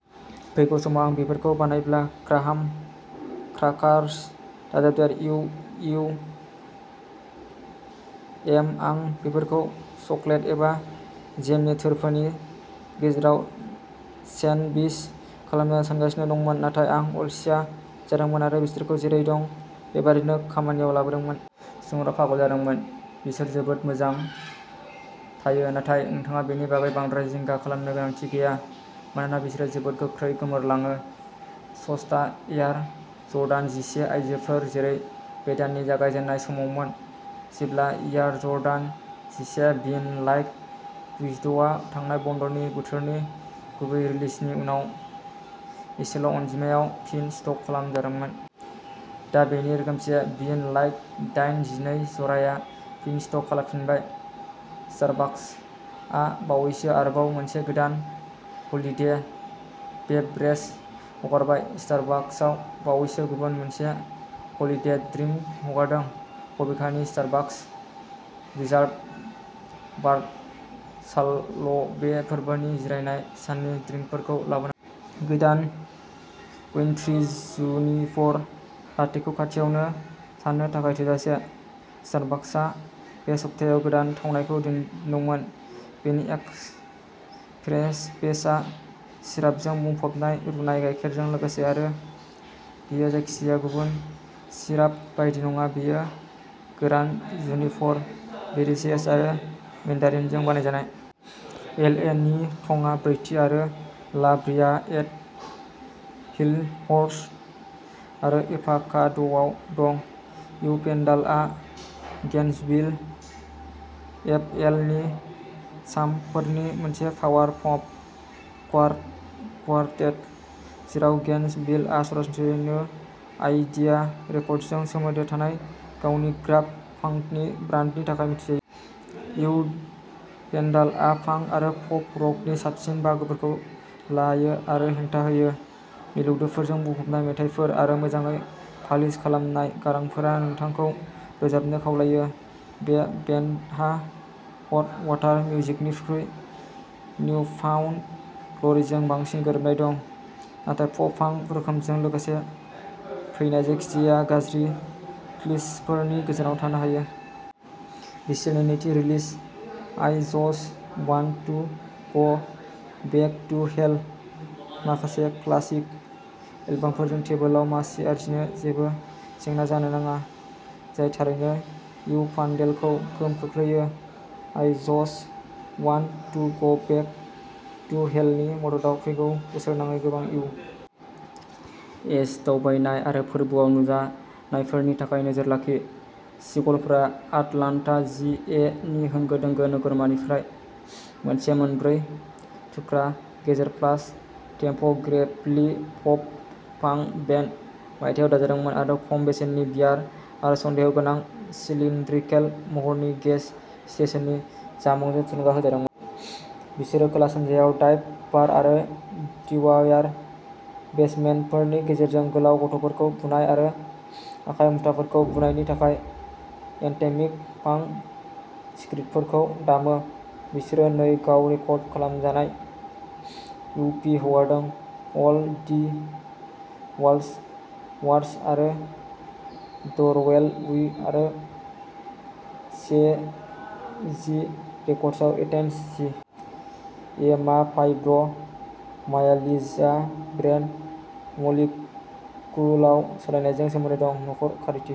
फैगौ समाव आं बेफोरखौ बानायब्ला ग्राहाम क्राकार्स दाजाबदेर। यु. इउ. एम. आं बेफोरखौ चकलेट एबा जेमनि थोरफोनि गेजेराव सेन्डविच खालामनो सानगासिनो दंमोन। नाथाय आं अलसिया जादोंमोन आरो बिसोरखौ जेरै दं बे बादिनो खामानियाव लाबोदोंमोन। सुबुंफोरा पागल जादोंमोन। बिसोर जोबोद मोजां थायो। नाथाय नोंथाङा बेनि बागै बांद्राय जिंगा खालामनो गोनांथि गैया। मानोना बिसोरो जोबोद गोख्रै गोमोरलाङो। सस्ता एयार जर्डान जिसे आयजोफोर बेयो बे दाननि जागायजेन्नाय समावमोन जेब्ला एयार जर्डान जिसे विन लाइक गुजिद’ आ थांनाय बन्दनि बोथोरनि गुबै रिलिजनि उनाव एसेल'अनजिमायाव फिन स्टक खालामजादोंमोन। दा बेनि रोखोमसे विन लाइक दाइन जिनै जराया फिन स्टक खालामफिनबाय। स्टारबाकसआ बावैसो आरोबाव मोनसे गोदान हलिदे बेवरेज हगारबाय स्टारबाकसआ बावैसो गुबुन मोनसे हलिदे ड्रिंक हगारदों। बबेखानि, स्टारबाकस रिजार्भ बार्साल'बे फोरबोनि जिरायनाय साननि ड्रिंकफोरखौ लाबोनांगोन। गोदान उइन्ट्री जुनिपर लाटेखौ खाथियावनो थानो थाखाय थोजासे। स्टारबाक्सआ बे सप्तायाव गोदान थावनायखौ दिहुनदोंमोन। बेनि एस्प्रेस'बेसआ सिरापजों बुंफबनाय रुनाय गायखेरजों लोगोसे आरो बेयो जायखिजाया गुबुन सिराप बायदि नङा बेयो गोरान जुनिपर बेरि सेज आरो मेन्डारिनजों बानायजानाय। एल. ए. नि थंआ ब्रैथि आरो ला ब्रिया एट हिलहर्स्ट आरो एभाकाद'आव दं। इउ भेन्डालआ गेन्सविल एफ. एल. नि स्वाम्पफोरनि मोनसे पावार पप कवारटेट। जेराव गेन्सविलआ सरासनस्रायै नो आइडिया रेकर्डसजों सोमोन्दो थानाय गावनि ग्राफ पांकनि ब्रान्डनि थाखाय मिथिजायो। इउ भेन्डालआ पांक आरो पप-रकनि साबसिन बाहागोफोरखौ लायो आरो हेंथा होयो। मिलौदोफोरजों बुंफबनाय मेथाइफोर आरो मोजाङै पालिश खालामनाय गारांफोरा नोंथांखौ रोजाबनो खावलायो। बे बेन्डहा हट वाटार मिउजिकनिख्रुइ निउ फाउन्ड ग्ल'रिजों बांसिन गोरोबनाय दं, नाथाय पप-पांक रोखोमजों लोगोसे फैनाय जायखिजाया गाज्रि क्लिचफोरनिफ्राय गोजानाव थानो हायो। बिसोरनि नैथि release I just want to go back to hell. माखासे क्लासिक एलबामफोरजों टेबोलाव मासि आरजिनो जेबो जेंना जानो नाङा। जाय थारैनो इउ भानडेलखौ गोहोम खोख्लैयो। I just want to go back to हेलनि मददाव फैगौ बोसोरनाङै गोबां इउ. एस. दावबायनाय आरो फोरबोआव नुजानायफोरनि थाखाय नोजोर लाखि। सिगलफोरा आटलान्टा जि. ए. नि होंगो-दोंगो नोगोरमानिफ्राय मोनसे मोनब्रै थुख्रा गेजेर प्लास टेम्प' ग्रेभलि पप पांक बेन्ड। मायथाइयाव दाजादोंमोन आरो खम बेसेननि बियार आरो सन्देहगोनां सिलिन्ड्रिकेल महरनि गेस स्टेशननि जामुंजों थुलुंगा होजादोंमोन। बिसोरो खोला-सानजायाव डाइभ बार आरो डिवायार बेसमेन्टफोरनि गेजेरजों गोलाव गथ'फोरखौ बुनाय आरो आखाइ मुथाफोरखौ बुनायनि थाखाय एन्थेमिक पांक स्क्रीडफोरखौ दामो। बिसोरो नै गाव रेकर्ड खालामजानाय इ. पि. हगारदों। अल द वर्ल्ड्स वार्स आरो द रयेल उइ आरो से-जि रेकर्डसआव एथेन्स जि. ए. मा फाइब्र' मायालिजया ब्रेन मलिक्युलाव सोलायनायजों सोमोन्दो दं। न'खर खारिथिफोर